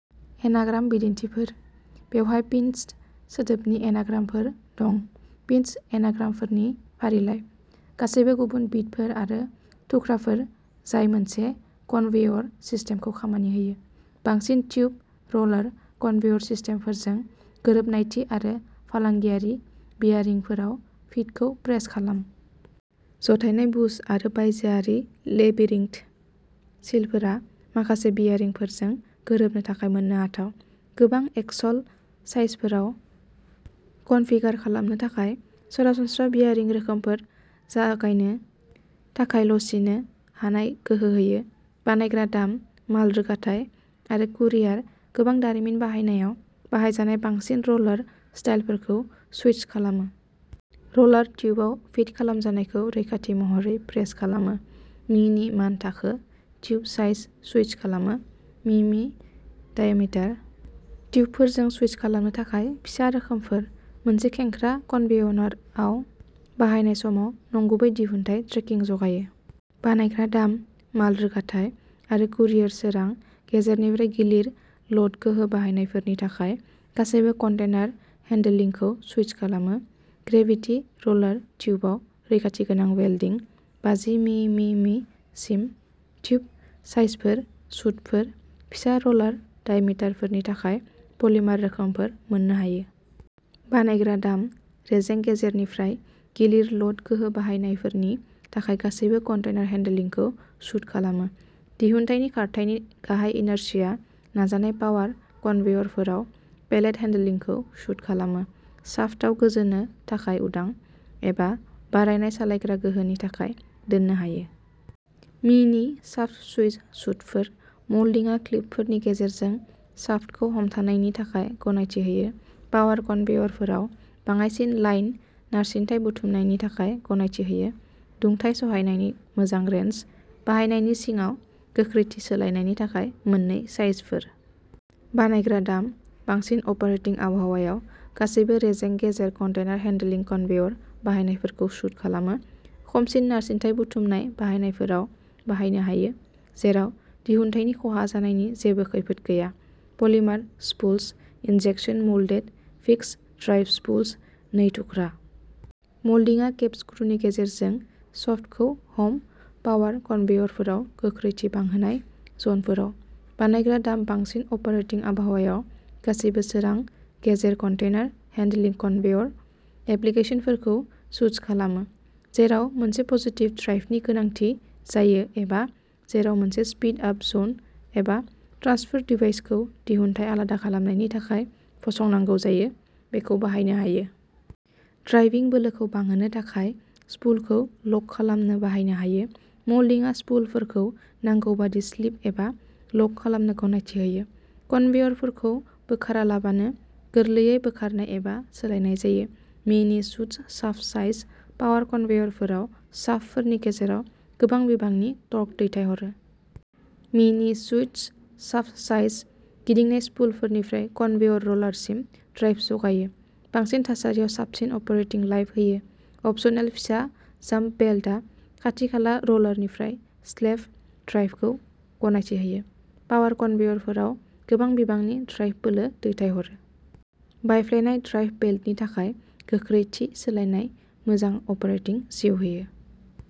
Anagram बिदिन्थिफोर। बेवहाय peanuts सोदोबनि एनाग्रामफोर दं। पिनट्स एनाग्रामफोरनि फारिलाइ। गासैबो गुबुन बिटफोर आरो थुख्राफोर जाय मोनसे कन्वेयर सिस्टेमखौ खामानि होयो, बांसिन ट्युब र'लार कन्वेयर सिस्टेमफोरजों गोरोबनायथि आरो फालांगियारि बियारिंगफोराव फिटखौ प्रेस खालाम। जथायनाय बुश आरो बायजोआरि लेबिरिंथ सिलफोरा माखासे बियारिंगफोरजों गोरोबनो थाखाय मोननोहाथाव। गोबां एक्सल साइजफोराव कनफिगार खालामनो थाखाय सरासनस्रा बियारिंग रोखोमफोर जगायनो थाखाय लचिनो हानाय गोहो होयो। बानायग्रा दाम, माल रोगाथाय आरो कुरियार गोबां दारिमिन बाहायनायाव बाहायजानाय बांसिन र'लार स्टाइलफोरखौ सुट्स खालामो। र'लार ट्युबआव फिट खालामजानायखौ रैखाथि महरै प्रेस खालामो। मि नि मानथाखो ट्युब साइज सुट्स खालामो। मि मि डायामिटार ट्युबफोरजों सुट्स खालामनो थाखाय फिसा रोखोमफोर। मोनसे खेंख्रा कन्वेयरआव बाहायनाय समाव नंगुबै दिहुनथाय ट्रेकिं जगायो। बानायग्रा दाम, माल रोगाथाय आरो कुरियार सोरां, गेजेरनिफ्राय गिलिर ल'ड गोहो बाहायनायफोरनि थाखाय गासैबो कन्टेनार हेन्डलिंगखौ सुट्स खालामो। ग्रेभिति रोलार ट्युबआव रैखाथि गोनां वेल्डिं। बाजि मि मि मि सिम टिउब साइजफोर सुटफोर। फिसा रलार डायमिटारफोरनि थाखाय पलिमार रोखोमफोर मोननो हायो। बानायग्रा दाम, रेजें गेजेरनिफ्राय गिलिर ल'ड गोहो बाहायनायफोरनि थाखाय गासैबो कन्टेनार हेन्डलिंगखौ सुट खालामो। दिहुनथायनि खारथायनि गाहाय इनार्शिया नाजानाय। पावार कन्वेयरफोराव पेलेट हेन्डलिंगखौ सुट खालामो। शाफ्टआव गोजोनो थाखाय उदां, एबा बारायनाय सालायग्रा गोहोनि थाखाय दोननो हायो। मि नि शाफ्ट साइज सुटफोर। मोल्डिंआ क्लिपफोरनि गेजेरजों शाफ्टखौ हमथानायनि थाखाय गनायथि होयो। पावार कन्वेयरफोराव बाङाइसिन लाइन नारसिनथाय बुथुमनायनि थाखाय गनायथि होयो। दुंथाइ सहायनायनि मोजां रेन्ज। बाहायनायनि सिङाव। गोख्रैथि सोलायनायनि थाखाय मोननै साइजफोर। बानायग्रा दाम, बांसिन अपारेटिं आबहावायाव गासैबो रेजें गेजेर कन्टेनार हेन्डलिंग कन्वेयर बाहायनायफोरखौ सुट खालामो। खमसिन नारसिनथाय बुथुमनाय बाहायनायफोराव बाहायनो हायो जेराव दिहुनथायनि खहा जानायनि जेबो खैफोद गैया। Polymer spools, injection moulded fixed drive spools, नै थुख्रा। मोल्डिंआ केप स्क्रूनि गेजेरजों शाफ्टखौ हम पावार कन्वेयरफोराव गोख्रैथि बांहोनाय जनफोराव। बानायग्रा दाम बांसिन अपारेटिं आबहावायाव गासैबो सोरां गेजेर कन्टेनार हेन्डेलिं कन्वेयर एप्लिकेसनफोरखौ सुट्स खालामो। जेराव मोनसे पजिटिभ ड्राइभनि गोनांथि जायो एबा जेराव मोनसे स्पीड आप जन एबा ट्रेन्सफार डिभाइसखौ दिहुनथाय आलादा खालामनायनि थाखाय फसंनांगौ जायो, बेखौ बाहायनो हायो। ड्राइभिं बोलोखौ बांहोनो थाखाय स्पुलखौ लक खालामनो बाहायनो हायो। मोल्डिंआ स्पुलफोरखौ नांगौ बायदि स्लिप एबा लक खालामनो गनायथि होयो। कन्वेयरफोरखौ बोखारालाबानो गोरलैयै बोखारनाय एबा सोलायनाय जायो। मि नि सुट्स शाफ्ट साइज। पावार कन्वेयरफोराव शाफ्टफोरनि गेजेराव गोबां बिबांनि टर्क दैथायहरो। मि नि सुट्स शाफ्ट साइज। गिदिंनाय स्पुलनिफ्राय कन्वेयर र'लारसिम ड्राइभ जगायो। बांसिन थासारियाव साबसिन अपारेटिं लाइफ होयो। अपसनेल फिसा जाम्प बेल्टआ खाथि खाला र'लारनिफ्राय स्लेभ ड्राइभखौ गनायथि होयो। पावार कन्वेयरफोराव गोबां बिबांनि ड्राइभ बोलो दैथायहरो। बायफ्लेनाय ड्राइभ बेल्टनि थाखाय गोख्रै थि सोलायनाय। मोजां अपारेटिं जिउ होयो।